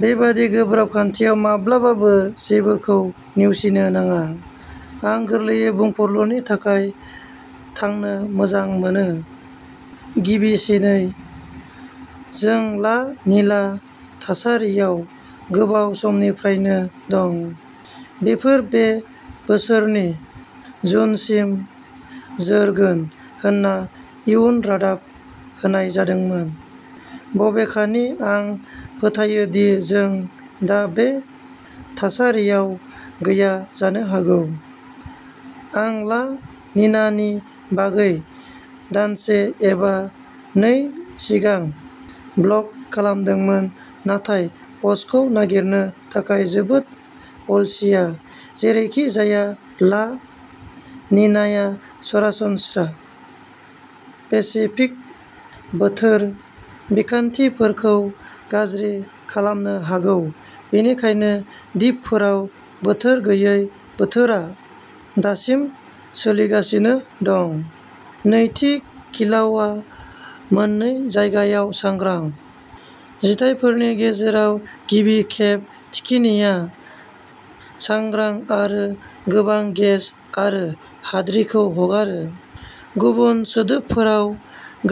बेबादि गोब्राब खान्थियाव माब्लाबाबो जेबोखौ नेवसिनो नाङा। आं गोरलै बुंफुरलुनि थाखाय थांनो मोजां मोनो गिबिसिनै, जों ला निना थासारियाव गोबाव समनिफ्रायनो दं। बेफोर बे बोसोरनि जुनसिम जोरगोन होनना इयुन रादाब होनाय जादोंमोन, बबेखानि आं फोथायो दि जों दा बे थासारियाव गैया जानो हागौ। आं ला निनानि बागै दानसे एबा नै सिगां ब्लग खालामदोंमोन, नाथाय पस्टखौ नागिरनो थाखाय जोबोद अलसिया जेरैखिजाया, ला निनाया सरासनस्रा पेसिफिक बोथोर बिखान्थिफोरखौ गाज्रि खालामनो हागौ, बेनिखायनो दिपफोराव बोथोर गैयै बोथोरा दासिम सोलिगासिनो दं। नैथि, किलाउआ मोननै जायगायाव सांग्रां। जिथायफोरनि गेजेराव गिबि खेब थिखिनिआ सांग्रां आरो गोबां गेस आरो हाद्रिखौ हगारो। गुबुन सोदोबफोराव,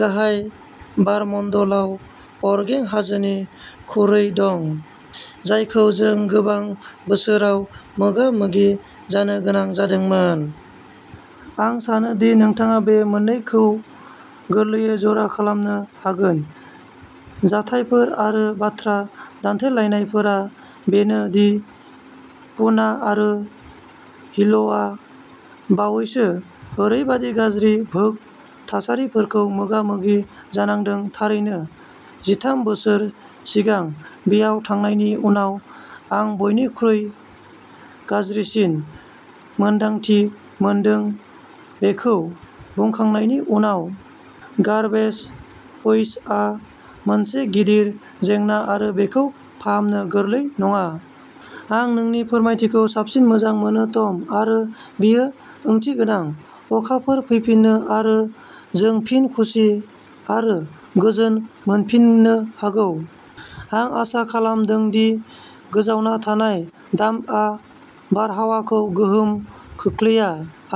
गाहाय बारमण्डलाव अरगें हाजोनि खुरै दं जायखौ जों गोबां बोसोराव मोगा-मोगि जानो गोनां जादोंमोन। आं सानो दि नोंथाङा बे मोननैखौ गोरलैयैनो जरा खालामनो हागोन। जाथायफोर आरो बाथ्रा दान्थेलायनायफोरा बेनो दि पुना आरो हिल'आ बावैसो ओरैबायदि गाज्रि भोग थासारिफोरखौ मोगा-मोगि जानांदों थारैनो जिथाम बोसोर सिगां बेयाव थांनायनि उनाव आं बयनिख्रुइ गाज्रिसिन मोन्दांथि मोनदों बेखौ बुंखांनायनि उनाव, गार्बेज पैचआ मोनसे गिदिर जेंना आरो बेखौ फाहामनो गोरलै नङा। आं नोंनि फोरमायथिखौ साबसिन मोजां मोनो, टम। आरो, बेयो ओंथिगोनां। अखाफोर फैफिनो आरो जों फिन खुसि आरो गोजोन मोनफिननो हागौ। आं आसा खालामदों दि गोजावना थानाय डाम्पआ बारहावाखौ गोहोम खोख्लैया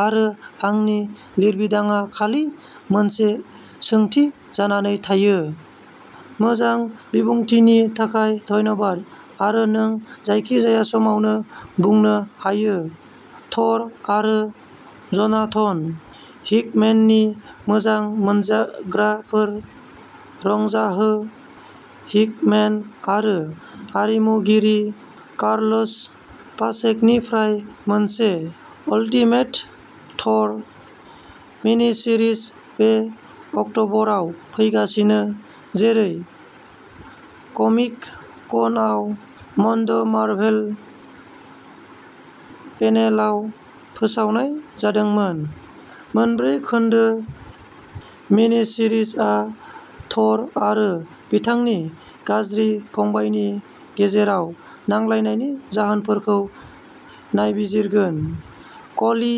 आरो आंनि लिरबिदांआ खालि मोनसे सोंथि जानानै थायो। मोजां बिबुंथिनि थाखाय धन्यबाद आरो नों जायखिजाया समावनो बुंनो हायो थ'र आरो जनाथन हिकमेननि मोजां मोनजाग्राफोर, रंजाहो हिकमेन आरो आरिमुगिरि कार्लोस पाचेक'निफ्राय मोनसे अल्टिमेट थ'र मिनिसिरिज बे अक्टबराव फैगासिनो, जेरै कमिक-कनआव मन्ड'मार्भेल पेनेलआव फोसावनाय जादोंमोन। मोनब्रै खोन्दो मिनिसिरिजआ थ'र आरो बिथांनि गाज्रि फंबायनि गेजेराव नांलायनायनि जाहोनफोरखौ नायबिजिरगोन। कलि,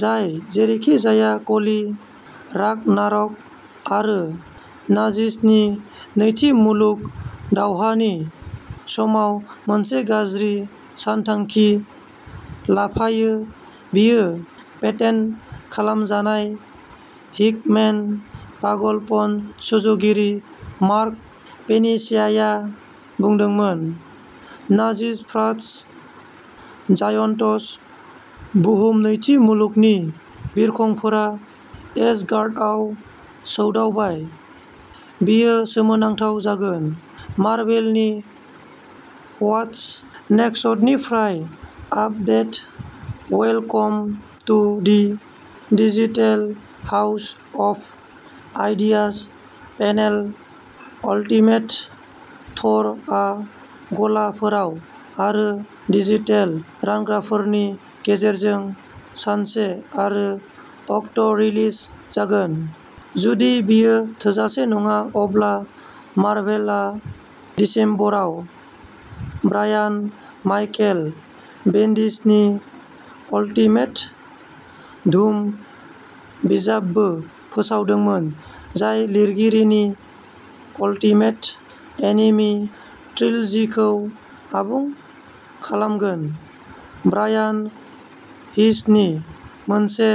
जाय जेरैखिजाया कलि, रागनारक, आरो नाजिसनि नैथि मुलुग दावहानि समाव मोनसे गाज्रि सानथांखि लाफायो बेयो पेटेन्ट खालामजानाय हिकमेन पागलपन सुजुगिरि मार्क पेनिसियाया बुंदोंमोन। Nazis frost giants. बुहुम नैथि मुलुगनि बिरखंफोरा एसगार्डआव सौदावबाय। बेयो सोमोनांथाव जागोन। मार्भेलनि वाटस नेक्सटनिफ्राय update welcome to the digital house of ideas panel ultimate Thor आ गलाफोराव आरो डिजिटेल रानग्राफोरनि गेजेरजों सानसे आरो अक्ट'रिलिज जागोन। जुदि बेयो थोजासे नङा, अब्ला मार्भेलआ दिसेम्बराव ब्रायान माइकेल बेन्डिसनि अल्टिमेट डुम बिजाबबो फोसावदोंमोन, जाय लिरगिरिनि अल्टिमेट एनिमि ट्रिलजिखौ आबुं खालामगोन। ब्रायान हिचनि मोनसे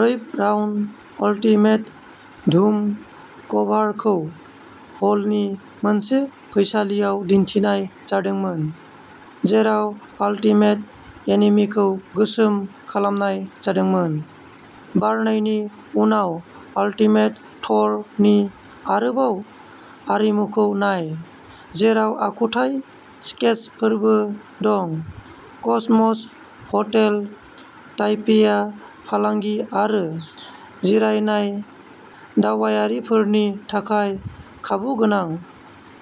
रैपराउन्ड अल्टिमेट डुम कभारखौ हलनि मोनसे फैसालियाव दिन्थिनाय जादोंमोन, जेराव अल्टिमेट एनिमिखौ गोसोम खालामनाय जादोंमोन। बारनायनि उनाव अल्टिमेट थ'र नि आरोबाव आरिमुखौ नाय, जेराव आखुथाय स्केचफोरबो दं। कसमस हटेल ताइपेया फालांगि आरो जिरायनाय दावबायारिफोरनि थाखाय खाबुगोनां।